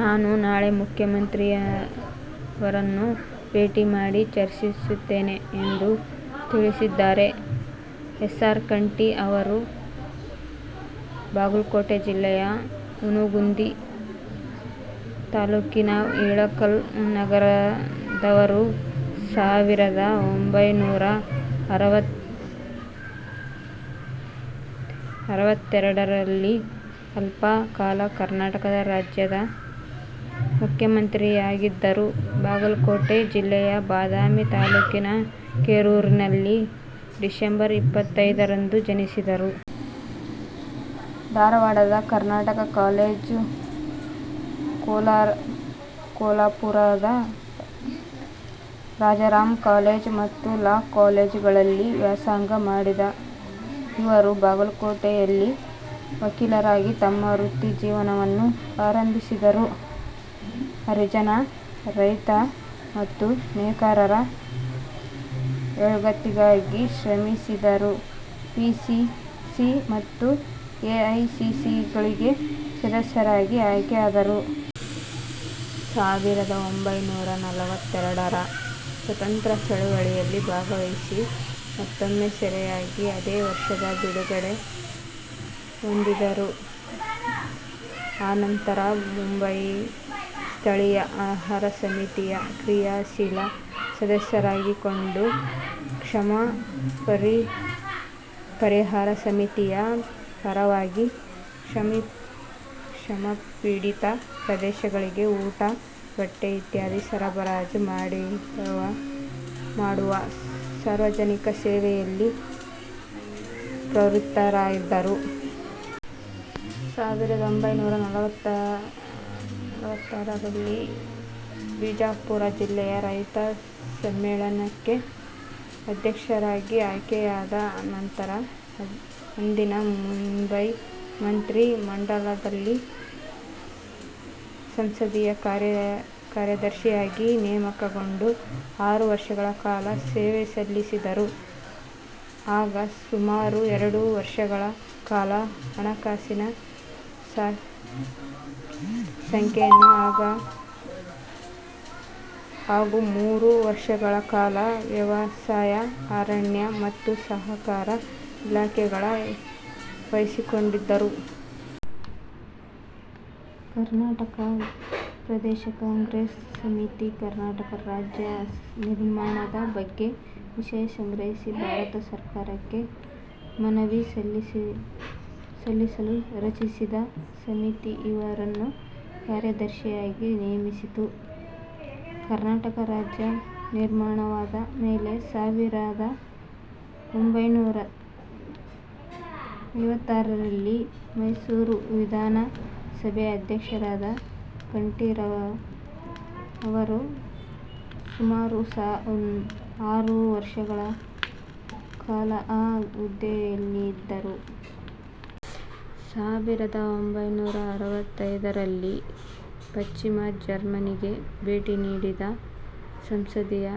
ನಾನು ನಾಳೆ ಮುಖ್ಯಮಂತ್ರಿಯವರನ್ನು ಭೇಟಿ ಮಾಡಿ ಚರ್ಚಿಸುತ್ತೇನೆ' ಎಂದು ತಿಳಿಸಿದ್ದಾರೆ. ಎಸ್ ಆರ್ ಕಂಠಿ ಯವರು ಬಾಗಲಕೋಟ ಜಿಲ್ಲೆಯ ಹುನಗುಂದ ತಾಲ್ಲೂಕಿನ ಇಳಕಲ್ಲ ನಗರದವರು. ಸಾವಿರದ ಒಂಭೈನೂರಾ ಅರವತ್ತೆರಡರಲ್ಲಿ ಅಲ್ಪ ಕಾಲ ಕರ್ನಾಟಕ ರಾಜ್ಯದ ಮುಖ್ಯಮಂತ್ರಿಯಾಗಿದ್ದರು. ಬಾಗಲಕೋಟೆ ಜಿಲ್ಲೆಯ ಬದಾಮಿ ತಾಲ್ಲೂಕಿನ ಕೆರೂರನಲ್ಲಿ ಡಿಸೆಂಬರ್ ಇಪ್ಪತ್ತೊಂದರಂದು ಜನಿಸಿದರು. ಧಾರವಾಡದ ಕರ್ನಾಟಕ ಕಾಲೇಜು, ಕೊಲ್ಲಾಪುರದ ರಾಜಾರಾಮ್ ಕಾಲೇಜು ಮತ್ತು ಲಾ ಕಾಲೇಜುಗಳಲ್ಲಿ ವ್ಯಾಸಂಗ ಮಾಡಿದ ಇವರು ಬಾಗಲಕೋಟೆಯಲ್ಲಿ ವಕೀಲರಾಗಿ ತಮ್ಮ ವೃತ್ತಿಜೀವನವನ್ನು ಆರಂಭಿಸಿದರು. ಹರಿಜನರ, ರೈತರ ಮತ್ತು ನೇಕಾರರ ಏಳ್ಗೆಗಾಗಿ ಶ್ರಮಿಸಿದರು. ಪಿ. ಸಿ. ಸಿ. ಮತ್ತು ಎ. ಐ. ಸಿ. ಸಿಗಳಿಗೆ ಸದಸ್ಯರಾಗಿ ಆಯ್ಕೆಯಾದರು. ಸಾವಿರದ ಒಂಭೈನೂರ ನಲವತ್ತೆರಡರ ಸ್ವಾತಂತ್ರ್ಯ ಚಳವಳಿಯಲ್ಲಿ ಭಾಗವಹಿಸಿ ಮತ್ತೊಮ್ಮೆ ಸೆರೆಯಾಗಿ ಅದೇ ವರ್ಷ ಬಿಡುಗಡೆ ಹೊಂದಿದರು. ಅನಂತರ ಮುಂಬಯಿ ಸ್ಥಳೀಯ ಆಹಾರ ಸಮಿತಿಯ ಕ್ರಿಯಾಶೀಲ ಸದಸ್ಯರಾಗಿದ್ದುಕೊಂಡು ಕ್ಷಾಮ ಪರಿಹಾರ ಸಮಿತಿಯ ಪರವಾಗಿ ಕ್ಷಾಮಪೀಡಿತ ಪ್ರದೇಶಗಳಿಗೆ ಊಟ, ಬಟ್ಟೆ ಇತ್ಯಾದಿ ಸರಬರಾಜು ಮಾಡುವ ಸಾರ್ವಜನಿಕ ಸೇವೆಯಲ್ಲಿ ಪ್ರವೃತ್ತರಾದರು. ಸಾವಿರದ ಒಂಭೈನೂರ ನಲವತ್ತಾರರಲ್ಲಿ ಬಿಜಾಪುರ ಜಿಲ್ಲೆಯ ರೈತ ಸಮ್ಮೇಳನಕ್ಕೆ ಅಧ್ಯಕ್ಷರಾಗಿ ಆಯ್ಕೆಯಾದರು. ಅನಂತರ ಅಂದಿನ ಮುಂಬಯಿ ಮಂತ್ರಿ ಮಂಡಲದಲ್ಲಿ ಸಂಸದೀಯ ಕಾರ್ಯದರ್ಶಿಯಾಗಿ ನೇಮಕಗೊಂಡು ಆರು ವರ್ಷಗಳ ಕಾಲ ಸೇವೆಸಲ್ಲಿಸಿದರು. ಆಗ ಸುಮಾರು ಎರಡು ವರ್ಷಗಳ ಕಾಲ ಹಣಕಾಸಿನ ಶಾಖೆಯನ್ನು ಹಾಗೂ ಮೂರು ವರ್ಷಗಳ ಕಾಲ ವ್ಯವಸಾಯ, ಅರಣ್ಯ ಮತ್ತು ಸಹಕಾರ ಇಲಾಖೆಗಳ ವಹಿಸಿಕೊಂಡಿದ್ದರು. ಕರ್ನಾಟಕ ಪ್ರದೇಶ ಕಾಂಗ್ರೆಸ್ ಸಮಿತಿ ಕರ್ನಾಟಕ ರಾಜ್ಯದ ನಿರ್ಮಾಣದ ಬಗ್ಗೆ ವಿಷಯ ಸಂಗ್ರಹಿಸಿ ಭಾರತ ಸರ್ಕಾರಕ್ಕೆ ಮನವಿ ಸಲ್ಲಿಸಲು ರಚಿಸಿದ ಸಮಿತಿಗೆ ಇವರನ್ನು ಕಾರ್ಯದರ್ಶಿಯಾಗಿ ನೇಮಿಸಿತ್ತು. ಕರ್ನಾಟಕ ರಾಜ್ಯ ನಿರ್ಮಾಣವಾದ ಮೇಲೆ ಸಾವಿರದ ಒಂಭೈನೂರ ಐವತ್ತಾರರಲ್ಲಿ ಮೈಸೂರು ವಿಧಾನ ಸಭೆಯ ಅಧ್ಯಕ್ಷರಾದ ಕಂಠಿಯವರು ಸುಮಾರು ಅರು ವರ್ಷಗಳ ಕಾಲ ಆ ಹುದ್ದೆಯಲ್ಲಿದ್ದರು. ಸಾವಿರದ ಒಂಭೈನೂರ ಅರವತ್ತೋಂದರಲ್ಲಿ ಪಶ್ಚಿಮ ಜರ್ಮನಿಗೆ ಭೇಟಿ ನೀಡಿದ ಸಂಸದೀಯ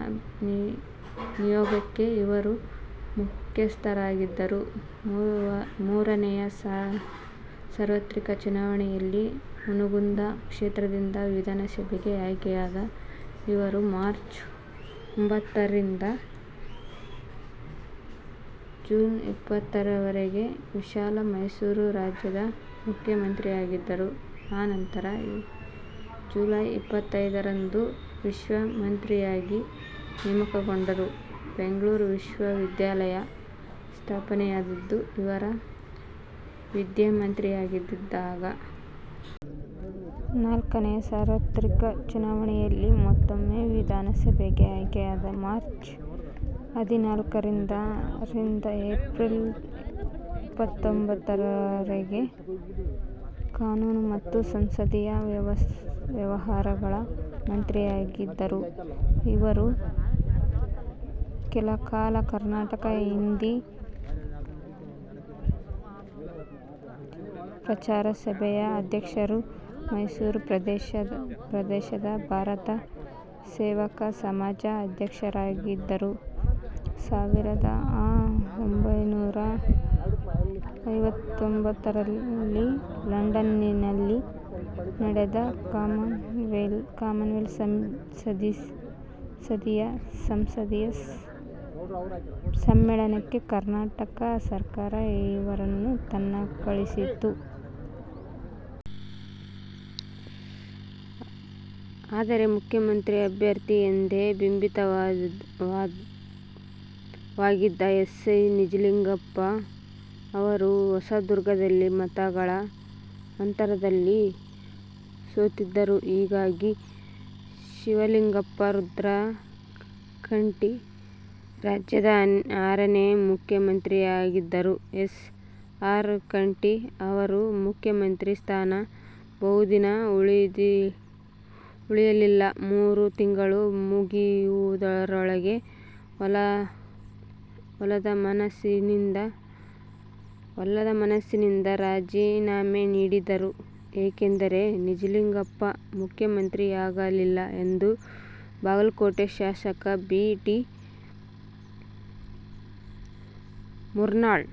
ನಿಯೋಗಕ್ಕೆ ಇವರು ಮುಖ್ಯಸ್ಥರಾಗಿದ್ದರು. ಮೂರನೆಯ ಸಾರ್ವತ್ರಿಕ ಚುನಾವಣೆಯಲ್ಲಿ ಹುನಗುಂದ ಕ್ಷೇತ್ರದಿಂದ ವಿಧಾನಸಭೆಗೆ ಆಯ್ಕೆಯಾದ ಇವರು ಮಾರ್ಚ್ ಒಂಭತ್ತರಿಂದ ಜುಲೈ ಇಪ್ಪತ್ತರವರೆಗೆ ವಿಶಾಲ ಮೈಸೂರು ರಾಜ್ಯದ ಮುಖ್ಯಮಂತ್ರಿಯಾಗಿದ್ದರು। ಅನಂತರ ಜುಲೈ ಇಪ್ಪತ್ತೊಂದರಂದು ವಿದ್ಯಾಮಂತ್ರಿಯಾಗಿ ನೇಮಕಗೊಂಡರು. ಬೆಂಗಳೂರು ವಿಶ್ವವಿದ್ಯಾಲಯ ಸ್ಥಾಪನೆಯಾದದ್ದು ಇವರು ವಿದ್ಯಾಮಂತ್ರಿಯಾಗಿದ್ದಾಗ. ನಾಲ್ಕನೆಯ ಸಾರ್ವತ್ರಿಕ ಚುನಾವಣೆಯಲ್ಲಿ ಮತ್ತೊಮ್ಮೆ ವಿಧಾನಸಭೆಗೆ ಆಯ್ಕೆಯಾಗಿ ಮಾರ್ಚ್ ಹದಿನಾಲ್ಕರಿಂದ ರಿಂದ ಏಪ್ರಿಲ್ ಇಪ್ಪತ್ತೊಂಭತ್ತರರವರೆಗೆ ಕಾನೂನು ಮತ್ತು ಸಂಸದೀಯ ವ್ಯವಹಾರಗಳ ಮಂತ್ರಿಯಾಗಿದ್ದರು. ಇವರು ಕೆಲಕಾಲ ಕರ್ನಾಟಕ ಹಿಂದಿ ಪ್ರಚಾರ ಸಭೆಯ ಅಧ್ಯಕ್ಷರೂ ಮೈಸೂರು ಪ್ರದೇಶದ ಭಾರತ ಸೇವಕ ಸಮಾಜದ ಅಧ್ಯಕ್ಷರೂ ಆಗಿದ್ದರು. ಸಾವಿರ ಅಒಂಭೈನೂರ ಐವತ್ತೊಂಭತ್ತರಲ್ಲಿ ಲಂಡನಿನಲ್ಲಿ ನಡೆದ ಕಾಮನ್ವೆಲ್ತ್ ಸಂಸದೀಯ ಸಮ್ಮೇಳನಕ್ಕೆ ಕರ್ನಾಟಕ ಸರ್ಕಾರ ಇವರನ್ನು ತನ್ನ ಕಳಿಸಿತ್ತು. ಆದರೆ, ಮುಖ್ಯಮಂತ್ರಿ ಅಭ್ಯರ್ಥಿ ಎಂದೇ ಬಿಂಬಿತವಾಗಿದ್ದ ಎಸ್. ನಿಜಲಿಂಗಪ್ಪ ಅವರು ಹೊಸದುರ್ಗದಲ್ಲಿ ಮತಗಳ ಅಂತರದಲ್ಲಿ ಸೋತಿದ್ದರು. ಹೀಗಾಗಿ, ಶಿವಲಿಂಗಪ್ಪ ರುದ್ರಪ್ಪ ಕಂಠಿ ರಾಜ್ಯದ ಆರನೇ ಮುಖ್ಯಮಂತ್ರಿಯಾದರು. ಎಸ್. ಆರ್. ಕಂಠಿ ಅವರ ಮುಖ್ಯಮಂತ್ರಿ ಸ್ಥಾನ ಬಹುದಿನ ಉಳಿಯಲಿಲ್ಲ. ಮೂರು ತಿಂಗಳು ಮುಗಿಯುವುದರೊಳಗೇ ಒಲ್ಲದ ಮನಸ್ಸಿನಿಂದ ರಾಜಿನಾಮೆ ನೀಡಿದರು. ಏಕೆಂದರೆ, ನಿಜಲಿಂಗಪ್ಪ ಮುಖ್ಯಮಂತ್ರಿಯಾಗಲಿ ಎಂದು ಬಾಗಲಕೋಟೆ ಶಾಸಕ ಬಿ. ಟಿ. ಮುರ್ನಾಳ್